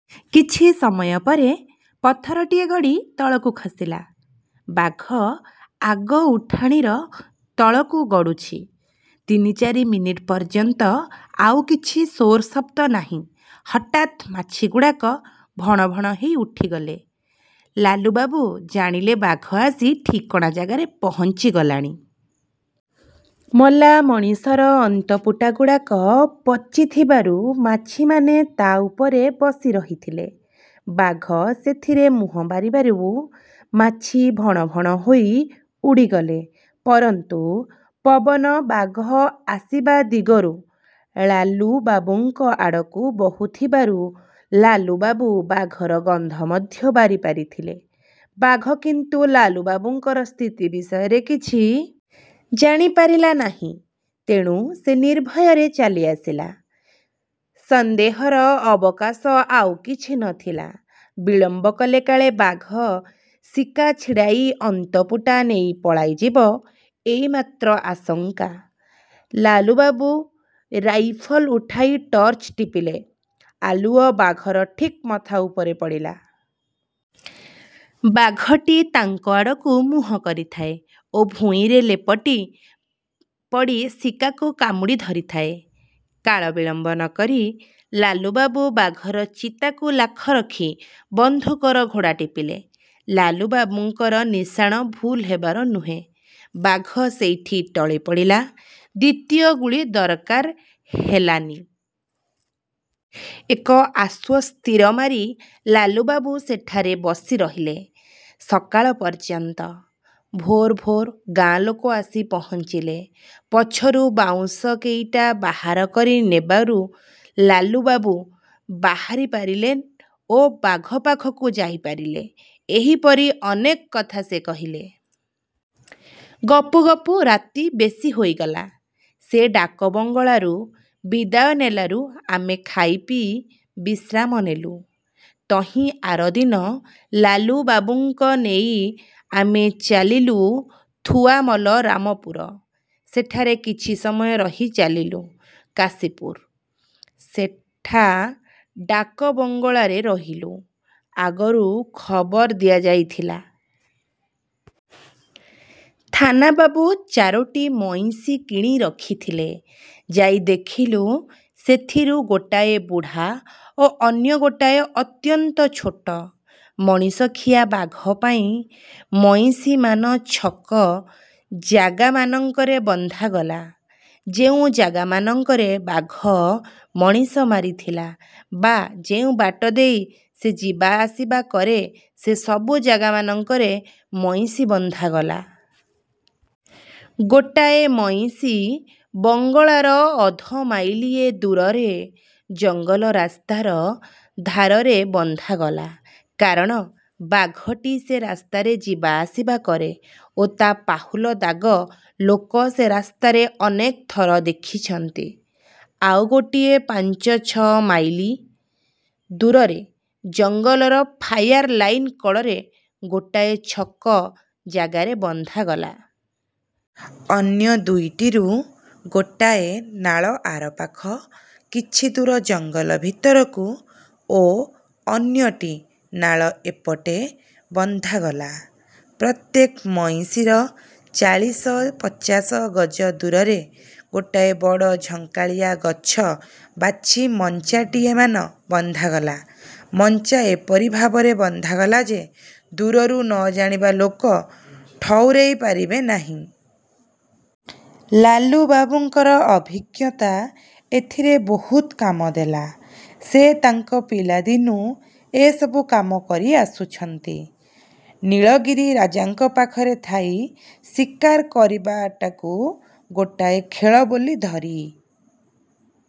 କିଛି ସମୟ ପରେ ପଥରଟିଏ ଗଡ଼ି ତଳକୁ ଖସିଲା। ବାଘ ଆଗ ଉଠାଣିର ତଳକୁ ଗଡ଼ୁଛି। ତିନି ଚାରି ମିନିଟ ପର୍ଯ୍ୟନ୍ତ ଆଉ କିଛି ସୋର ଶବ୍ଦ ନାହିଁ। ହଠାତ୍ ମାଛିଗୁଡ଼ାକ ଭଣ ଭଣ ହୋଇ ଉଡ଼ିଗଲେ। ଲାଲୁବାବୁ ଜାଣିଲେ ବାଘ ଆସି ଠିକଣା ଜାଗାରେ ପହଞ୍ଚିଗଲାଣି। ମଲାମଣିଷର ଅନ୍ତପୁଟାଗୁଡ଼ାକ ପଚିଥିବାରୁ ମାଛିମାନେ ତା' ଉପରେ ବସି ରହିଥିଲେ। ବାଘ ସେଥିରେ ମୁହଁ ମାରିବାରୁ ମାଛି ଭଣ ଭଣ ହୋଇ ଉଡ଼ିଗଲେ। ପରନ୍ତୁ ପବନ ବାଘ ଆସିବା ଦିଗରୁ ଳାଲୁବାବୁଙ୍କ ଆଡ଼କୁ ବହୁଥିବାରୁ ଲାଲୁବାବୁ ବାଘର ଗନ୍ଧ ମଧ୍ୟ ବାରିପାରିଥିଲେ। ବାଘ କିନ୍ତୁ ଲାଲୁବାବୁଙ୍କର ସ୍ଥିତି ବିଷୟରେ କିଛି। ଜାଣି ପାରିଲା ନାହିଁ। ତେଣୁ ସେ ନିର୍ଭୟରେ ଚାଲି ଆସିଲା। ସନ୍ଦେହର ଅବକାଶ ଆଉ କିଛି ନଥିଲା। ବିଳମ୍ବ କଲେ କାଳେ ବାଘ ଶିକା ଛିଡ଼ାଇ ଅନ୍ତପୁଟା ନେଇ ପଳାଇଯିବ-ଏଇ ମାତ୍ର ଆଶଙ୍କା। ଲାଲୁବାବୁ ରାଇଫଲ ଉଠାଇ ଟର୍ଚ୍ଚ ଟିପିଲେ। ଆଲୁଅ ବାଘର ଠିକ ମଥା ଉପରେ ପଡ଼ିଲା। ବାଘଟି ତାଙ୍କ ଆଡ଼କୁ ମୁହଁ କରିଥାଏ ଓ ଭୂଇଁରେ ଲେପଟି ପଡ଼ି ଶିକାକୁ କାମୁଡ଼ି ଧରିଥାଏ,। କାଳ ବିଳମ୍ବ ନକରି ଲାଲୁବାବୁ ବାଘର ଚିତାକୁ ଲାଖ ରଖି ବନ୍ଧୁକର ଘୋଡ଼ା ଟିପିଲେ। ଲାଲୁବାବୁଙ୍କର ନିଶାଣ ଭୁଲ ହେବାର ନୁହେଁ। ବାଘ ସେଇଠି ଟଳି ପଡ଼ିଲା। ଦ୍ୱିତୀୟ ଗୁଳି ଦରକାର ହେଲାନି। ଏକ ଆଶ୍ୱସ୍ତିର ମାରି ଲାଲୁବାବୁ ସେଠାରେ ବସି ରହିଲେ ସକାଳ ପର୍ଯ୍ୟନ୍ତ। ଭୋର ଭୋର ଗାଁ ଲୋକେ ଆସି ପହଁଞ୍ଚିଲେ। ପଛରୁ ବାଉଁଶ କେଇଟା ବାହାର କରି ନେବାରୁ ଲାଲୁବାବୁ ବାହାରି ପାରିଲେ ଓ ବାଘ ପାଖକୁ ଯାଇପାରିଲେ। ଏହିପରି ଅନେକ କଥା ସେ କହିଲେ। ଗପୁ ଗପୁ ରାତି ବେଶି ହୋଇଗଲା। ସେ ଡାକବଙ୍ଗଳାରୁ ବିଦାୟ ନେଲାରୁ ଆମେ ଖାଇ ପିଇ ବିଶ୍ରାମ ନେଲୁ। ତହିଁଆରଦିନ ଲାଲୁବାବୁଙ୍କ ନେଇ ଆମେ ଚାଲିଲୁ ଥୁଆମଲ ରାମପୁର। ସେଠାରେ କିଛି ସମୟ ରହି ଚାଲିଲୁ କାଶୀପୁର। ସେଠା ଡାକବଙ୍ଗଳାରେ ରହିଲୁ। ଆଗରୁ ଖବର ଦିଆଯାଇଥିଲା। ଥାନା ବାବୁ ଚାରୋଟି ମଇଁଷି କିଣି ରଖିଥିଲେ। ଯାଇ ଦେଖିଲୁ ସେଥିରୁ ଗୋଟାଏ ବୁଢ଼ା ଓ ଅନ୍ୟ ଗୋଟାଏ ଅତ୍ୟନ୍ତ ଛୋଟ। ମଣିଷଖିଆ ବାଘ ପାଇଁ ମଇଁଷିମାନ ଛକ ଜାଗାମାନଙ୍କରେ ବନ୍ଧାଗଲା। ଯେଉଁ ଜାଗାମାନଙ୍କରେ ବାଘ ମଣିଷ ମାରିଥିଲା ବା ଯେଉଁ ବାଟ ଦେଇ ସେ ଯିବାଆସିବା କରେ ସେ ସବୁ ଜାଗାମାନଙ୍କରେ ମଇଁଷି ବନ୍ଧାଗଲା। ଗୋଟାଏ ମଇଁଷି ବଙ୍ଗଳାର ଅଧମାଇଲିଏ ଦୂରରେ ଜଙ୍ଗଲ ରାସ୍ତାର ଧାରରେ ବନ୍ଧାଗଲା, କାରଣ ବାଘଟି ସେ ରାସ୍ତାରେ ଯିବା ଆସିବା କରେ ଓ ତା' ପାହୁଲ ଦାଗ ଲୋକେ ସେ ରାସ୍ତାରେ ଅନେକ ଥର ଦେଖିଛନ୍ତି। ଆଉ ଗୋଟାଏ ପାଞ୍ଚ ଛଅ ମାଇଲ ଦୂରରେ ଜଙ୍ଗଲର 'ଫାୟାର ଲାଇନ୍' କଡ଼ରେ ଗୋଟାଏ ଛକ ଜାଗାରେ ବନ୍ଧାଗଲା। ଅନ୍ୟ ଦୁଇଟିରୁ ଗୋଟାଏ ନାଳ ଆରପାଖ କିଛି ଦୂର ଜଙ୍ଗଲ ଭିତରକୁ ଓ ଅନ୍ୟଟି ନାଳ ଏପଟେ ବନ୍ଧାଗଲା। ପ୍ରତ୍ୟେକ ମଇଁଷିର ଚାଳିଶ ପଚାଶ ଗଜ ଦୂରରେ ଗୋଟାଏ ବଡ଼ ଝଙ୍କାଳିଆ ଗଛ ବାଛି ମଞ୍ଚାଟିଏମାନ ବନ୍ଧାଗଲା। ମଞ୍ଚା ଏପରି ଭାବରେ ବନ୍ଧାଗଲା ଯେ ଦୂରରୁ ନ ଜାଣିବା ଲୋକେ ଠଉରେଇ ପାରିବେ ନାହିଁ। ଲାଲୁବାବୁଙ୍କର ଅଭିଜ୍ଞତା ଏଥିରେ ବହୁତ କାମ ଦେଲା। ସେ ତାଙ୍କ ପିଲା ଦିନୁ ଏସବୁ କାମ କରି ଆସୁଛନ୍ତି। ନୀଳଗିରି ରାଜାଙ୍କ ପାଖରେ ଥାଇ ଶିକାର କରିବାଟାକୁ ଗୋଟାଏ ଖେଳ ବୋଲି ଧରି